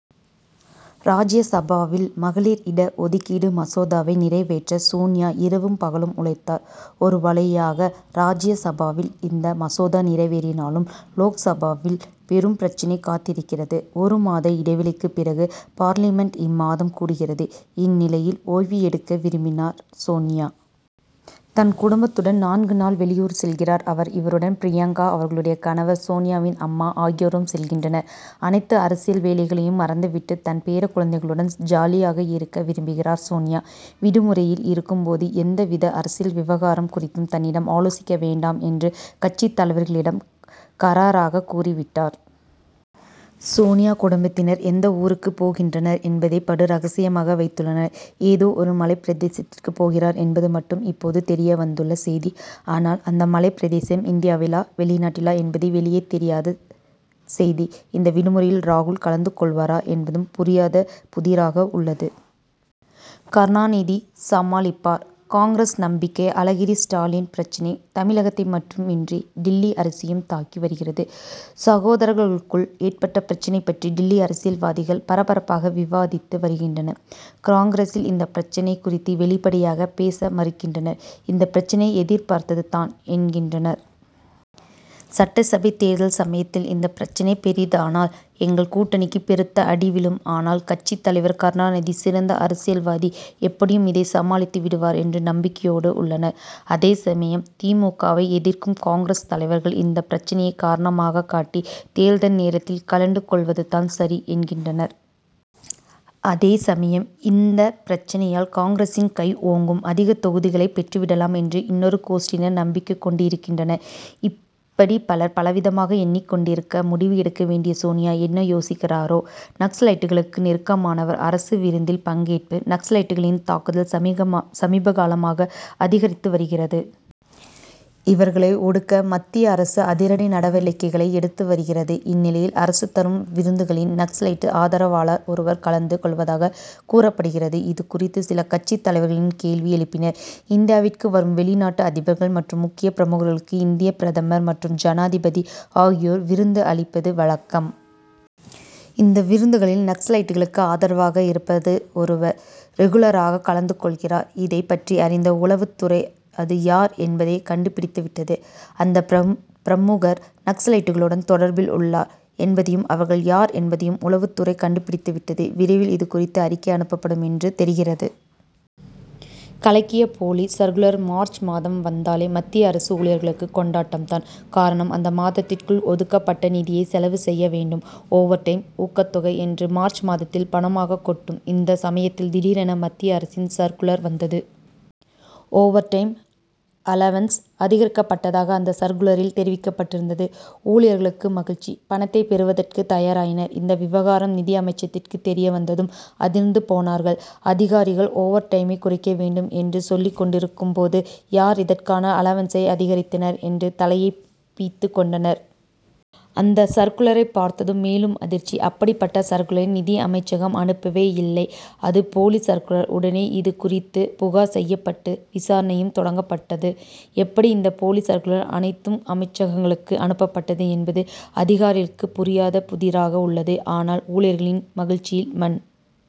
ராஜ்ய சபாவில் மகளிர் இட ஒதுக்கீடு மசோதாவை நிறைவேற்ற சோனியா இரவு பகலும் உழைத்தார். ஒரு வழியாக ராஜ்யசபாவில் இந்த மசோதா நிறைவேறினாலும், லோக்சபாவில் பெரும் பிரச்னை காத்திருக்கிறது. ஒரு மாத இடைவெளிக்குப் பிறகு, பார்லிமென்ட் இம்மாதம் கூடுகிறது. இந்நிலையில், ஓய்வு எடுக்க விரும்பினார் சோனியா. தன் குடும்பத்துடன் நான்கு நாள் வெளியூர் செல்கிறார் அவர். இவருடன் பிரியங்கா, அவருடைய கணவர், சோனியாவின் அம்மா ஆகியோரும் செல்கின்றனர். அனைத்து அரசியல் வேலைகளையும் மறந்துவிட்டு தன் பேரக் குழந்தைகளுடன் ஜாலியாக இருக்க விரும்புகிறார் சோனியா. விடுமுறையில் இருக்கும் போது எந்தவித அரசியல் விவகாரம் குறித்தும் தன்னிடம் ஆலோசிக்க வேண்டாம் என்று கட்சித் தலைவர்களிடம் கறாராகக் கூறிவிட்டார். சோனியா குடும்பத்தினர் எந்த ஊருக்குப் போகின்றனர் என்பதை படு ரகசியமாக வைத்துள்ளனர். ஏதோ ஒரு மலைப் பிரதேசத்திற்குப் போகிறார் என்பது மட்டும் இப்போது தெரியவந்துள்ள செய்தி. ஆனால், அந்த மலைப் பிரதேசம் இந்தியாவிலா? வெளிநாட்டிலா என்பது வெளியே தெரியாத செய்தி. இந்த விடுமுறையில் ராகுல் கலந்து கொள்வாரா என்பதும் புரியாத புதிராக உள்ளது. கருணாநிதி சமாளிப்பார்; காங்கிரஸ் நம்பிக்கை அழகிரி ஸ்டாலின் பிரச்னை தமிழகத்தை மட்டுமின்றி டில்லி அரசியலையும் தாக்கி வருகிறது. சகோதரர்களுக்குள் ஏற்பட்ட பிரச்னை பற்றி டில்லி அரசியல்வாதிகள் பரபரப்பாக விவாதித்து வருகின்றனர். காங்கிரசில் இந்த பிரச்னை குறித்து வெளிப்படையாக பேச மறுக்கின்றனர். இந்த பிரச்னை எதிர்பார்த்ததுதான் என்கின்றனர். சட்டசபை தேர்தல் சமயத்தில், இந்த பிரச்னை பெரிதானால், எங்கள் கூட்டணிக்கு பெருத்த அடி விழும். ஆனால், கட்சித் தலைவர் கருணாநிதி சிறந்த அரசியல்வாதி, எப்படியும் இதை சமாளித்து விடுவார்' என்று நம்பிக்கையோடு உள்ளனர். அதே சமயம் தி. மு. க.,வை எதிர்க்கும் காங்கிரஸ் தலைவர்கள், இந்த பிரச்னையை காரணமாகக் காட்டி, தேர்தல் நேரத்தில் கழண்டு கொள்வதுதான் சரி என்கின்றனர். அதே சமயம் இந்த பிரச்னையால் காங்கிரசின் கை ஓங்கும், அதிக தொகுதிகளை பெற்றுவிடலாம் என்று இன்னொரு கோஷ்டியினர் நம்பிக்கொண்டிருக்கின்றனர். இப்படி பலர் பலவிதமாக எண்ணிக் கொண்டிருக்க, முடிவு எடுக்க வேண்டிய சோனியா என்ன யோசிக்கிறாரோ? நக்சலைட்களுக்கு நெருக்கமானவர் அரசு விருந்தில் பங்கேற்பு? நக்சலைட்களின் தாக்குதல் சமீபகாலமாக அதிகரித்து வருகிறது. இவர்களை ஒடுக்க, மத்திய அரசு அதிரடி நடவடிக்கைகளை எடுத்து வருகிறது. இந்நிலையில், அரசு தரும் விருந்துகளில் நக்சலைட் ஆதரவாளர் ஒருவர் கலந்து கொள்வதாகக் கூறப்படுகிறது. இது குறித்து, சில கட்சித் தலைவர்கள் கேள்வி எழுப்பினர். இந்தியாவிற்கு வரும் வெளிநாட்டு அதிபர்கள் மற்றும் முக்கிய பிரமுகர்களுக்கு இந்திய பிரதமர் மற்றும் ஜனாதிபதி ஆகியோர் விருந்து அளிப்பது வழக்கம். இந்த விருந்துகளில் நக்சலைட்களுக்கு ஆதரவாக இருப்பவர் ஒருவர் ரெகுலராகக் கலந்து கொள்கிறார். இதைப் பற்றி அறிந்த உளவுத் துறை அது யார் என்பதை கண்டுபிடித்துவிட்டது. அந்த பிரமுகர், நக்சலைட்களுடன் தொடர்பில் உள்ளார் என்பதையும் அவர்கள் யார் என்பதையும் உளவுத் துறை கண்டுபிடித்துவிட்டது. விரைவில் இதுகுறித்து, அறிக்கை அனுப்பப்படும் என்று தெரிகிறது. கலக்கிய போலி சர்க்குலர் மார்ச் மாதம் வந்தாலே மத்திய அரசு ஊழியர்களுக்கு கொண்டாட்டம்தான். காரணம், அந்த மாதத்திற்குள் ஒதுக்கப் பட்ட நிதியை செலவு செய்ய வேண்டும். ஓவர் டைம், ஊக்கத் தொகை என்று மார்ச் மாதத்தில் பணமாகக் கொட்டும். இந்த சமயத்தில் திடீரென மத்திய அரசின் சர்க்குலர் வந்தது. ஓவர் டைம் அலவன்ஸ் அதிகரிக்கப்பட்டதாக அந்த சர்க்குலரில் தெரிவிக்கப்பட்டிருந்தது. ஊழியர்களுக்கு மகிழ்ச்சி. பணத்தை பெறுவதற்கு தயாராயினர். இந்த விவகாரம், நிதி அமைச்சகத்திற்கு தெரிய வந்ததும் அதிர்ந்து போனார்கள் அதிகாரிகள். ஓவர் டைமை குறைக்க வேண்டும் என்று சொல்லிக் கொண்டிருக்கும் போது யார் இதற்கான அலவன்சை அதிகரித்தனர் என்று தலையைப் பிய்த்துக் கொண்டனர். அந்த சர்க்குலரைப் பார்த்ததும் மேலும் அதிர்ச்சி. அப்படிப்பட்ட சர்க்குலரை நிதி அமைச்சகம் அனுப்பவேயில்லை! அது போலி சர்க்குலர். உடனே, இது குறித்து புகார் செய்யப்பட்டு விசாரணையும் தொடங்கப்பட்டு ட்டது. எப்படி இந்த போலி சர்க்குலர் அனைத்து அமைச்சகங்களுக்கும் அனுப்பப்பட்டது என்பது அதிகாரிகளுக்குப் புரியாத புதிராக உள்ளது. ஆனால், ஊழியர்களின் மகிழ்ச்சியில் மண்.